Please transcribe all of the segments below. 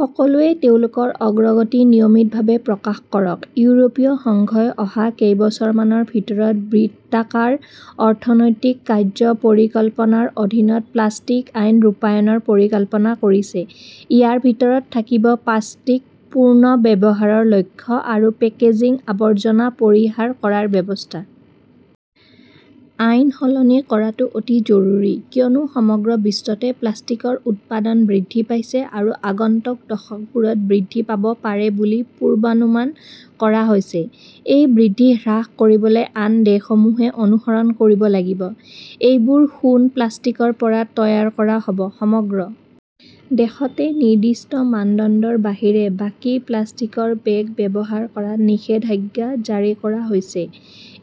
সকলোৱে তেওঁলোকৰ অগ্ৰগতি নিয়মিতভাৱে প্ৰকাশ কৰক। ইউৰোপীয় সংঘই অহা কেইবছৰমানৰ ভিতৰত বৃত্তাকাৰ অৰ্থনৈতিক কাৰ্য্য পৰিকল্পনাৰ অধীনত প্লাষ্টিক আইন ৰূপায়ণৰ পৰিকল্পনা কৰিছে। ইয়াৰ ভিতৰত থাকিব প্লাষ্টিক পুনৰ্ব্যৱহাৰৰ লক্ষ্য আৰু পেকেজিং আৱৰ্জনা পৰিহাৰ কৰাৰ ব্যৱস্থা। আইন সলনি কৰাটো অতি জৰুৰী। কিয়নো সমগ্ৰ বিশ্বতে প্লাষ্টিকৰ উৎপাদন বৃদ্ধি পাইছে আৰু আগন্তুক দশকবোৰত বৃদ্ধি পাব পাৰে বুলি পূৰ্বানুমান কৰা হৈছে। এই বৃদ্ধি হ্ৰাস কৰিবলৈ আন দেশসমূহে অনুসৰণ কৰিব লাগিব। এইবোৰ সোণ প্লাষ্টিকৰ পৰা তৈয়াৰ কৰা হ'ব। সমগ্ৰ--- দেশতে নিৰ্দিষ্ট মানদণ্ডৰ বাহিৰে বাকী প্লাষ্টিকৰ বেগ ব্যৱহাৰ কৰাত নিষেধাজ্ঞা জাৰি কৰা হৈছে।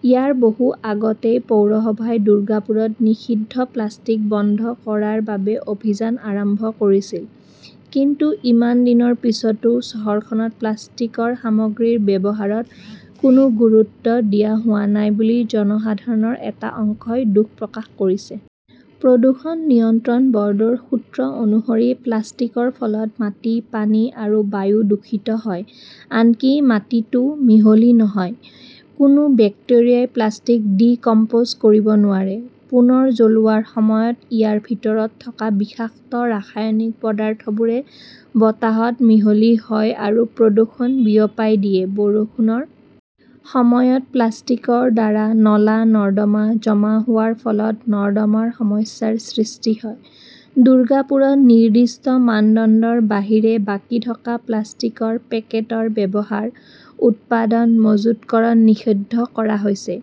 ইয়াৰ বহু আগতেই পৌৰসভাই দুৰ্গাপুৰত নিষিদ্ধ প্লাষ্টিক বন্ধ কৰাৰ বাবে অভিযান আৰম্ভ কৰিছিল। কিন্তু ইমান দিনৰ পিছতো চহৰখনত প্লাষ্টিকৰ সামগ্ৰীৰ ব্যৱহাৰত কোনো গুৰুত্ব দিয়া হোৱা নাই বুলি জনসাধাৰণৰ এটা অংশই দুখ প্ৰকাশ কৰিছে। প্ৰদূষণ নিয়ন্ত্ৰণ ব'ৰ্ডৰ সূত্ৰ অনুসৰি প্লাষ্টিকৰ ফলত মাটি, পানী আৰু বায়ু দূষিত হয়। আনকি মাটিতও মিহলি নহয়। কোনো বেক্টেৰিয়াই প্লাষ্টিক 'ডিকম্প'জ' কৰিব নোৱাৰে। পুনৰ জ্বলোৱাৰ সময়ত ইয়াৰ ভিতৰত থকা বিষাক্ত ৰাসায়নিক পদাৰ্থবোৰে বতাহত মিহলি হয় আৰু প্ৰদূষণ বিয়পাই দিয়ে। বৰষুণৰ সময়ত প্লাষ্টিকৰ দ্বাৰা নলা-নৰ্দমা জমা হোৱাৰ ফলত নৰ্দমাৰ সমস্যাৰ সৃষ্টি হয়। দুৰ্গাপুৰত নিৰ্দিষ্ট মানদণ্ডৰ বাহিৰে বাকী থকা প্লাষ্টিকৰ পেকেটৰ ব্যৱহাৰ, উৎপাদন, মজুতকৰণ নিষিদ্ধ কৰা হৈছে।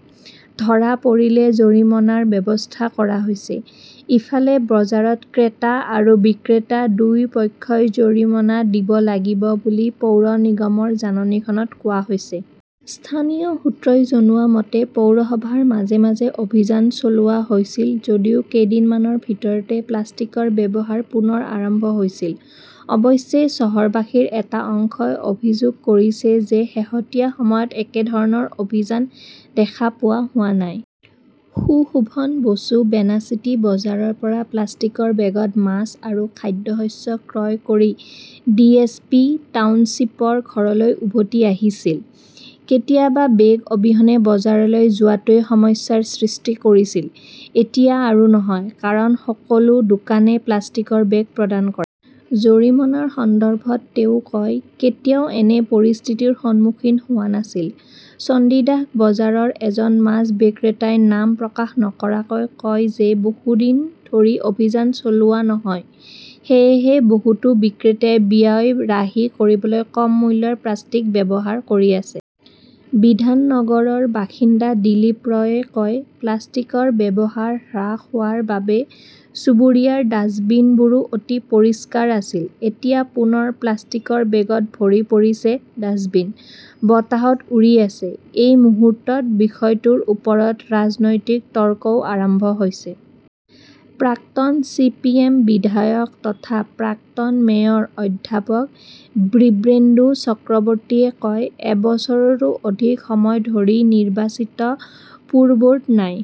ধৰা পৰিলে জৰিমনাৰ ব্যৱস্থা কৰা হৈছে। ইফালে, বজাৰত ক্ৰেতা আৰু বিক্ৰেতা দুয়ো পক্ষই জৰিমনা দিব লাগিব বুলি পৌৰ নিগমৰ জাননীখনত কোৱা হৈছে। স্থানীয় সূত্ৰই জনোৱা মতে, পৌৰসভাৰ মাজে মাজে অভিযান চলোৱা হৈছিল যদিও কেইদিনমানৰ ভিতৰতে প্লাষ্টিকৰ ব্যৱহাৰ পুনৰ আৰম্ভ হৈছিল। অৱশ্যে, চহৰবাসীৰ এটা অংশই অভিযোগ কৰিছে যে শেহতীয়া সময়ত একেধৰণৰ অভিযান দেখা পোৱা হোৱা নাই। সুশোভন বসু বেনাচিটি বজাৰৰ পৰা প্লাষ্টিকৰ বেগত মাছ আৰু খাদ্যশস্য ক্ৰয় কৰি ডিএছপি টাউনশ্বিপৰ ঘৰলৈ উভতি আহিছিল। কেতিয়াবা বেগ অবিহনে বজাৰলৈ যোৱাটোৱে সমস্যাৰ সৃষ্টি কৰিছিল। এতিয়া আৰু নহয় কাৰণ, সকলো দোকানে প্লাষ্টিকৰ বেগ প্ৰদান কৰে। জৰিমনাৰ সন্দৰ্ভত তেওঁ কয়, কেতিয়াও এনে পৰিস্থিতিৰ সন্মুখীন হোৱা নাছিল। চণ্ডীদাস বজাৰৰ এজন মাছ বিক্ৰেতাই নাম প্ৰকাশ নকৰাকৈ কয় যে বহু দিন ধৰি অভিযান চলোৱা নহয়। সেয়েহে বহুতো বিক্ৰেতাই ব্যয় ৰাহি কৰিবলৈ কম মূল্যৰ প্লাষ্টিক ব্যৱহাৰ কৰি আছে। বিধাননগৰৰ বাসিন্দা দিলীপ ৰয়ে কয়, প্লাষ্টিকৰ ব্যৱহাৰ হ্ৰাস হোৱাৰ বাবে চুবুৰীয়াৰ ডাষ্টবিন বোৰো অতি পৰিষ্কাৰ আছিল। এতিয়া পুনৰ প্লাষ্টিকৰ বেগত ভৰি পৰিছে ডাষ্টবিন। বতাহত উৰি আছে। এই মুহূৰ্তত বিষয়টোৰ ওপৰত ৰাজনৈতিক তৰ্কও আৰম্ভ হৈছে। প্ৰাক্তন চি. পি. এম. বিধায়ক তথা প্ৰাক্তন মেয়ৰ অধ্যাপক বিব্ৰেন্দু চক্ৰৱৰ্তীয়ে কয়, এবছৰৰো অধিক সময় ধৰি নিৰ্বাচিত পুৰব'ৰ্ড নাই।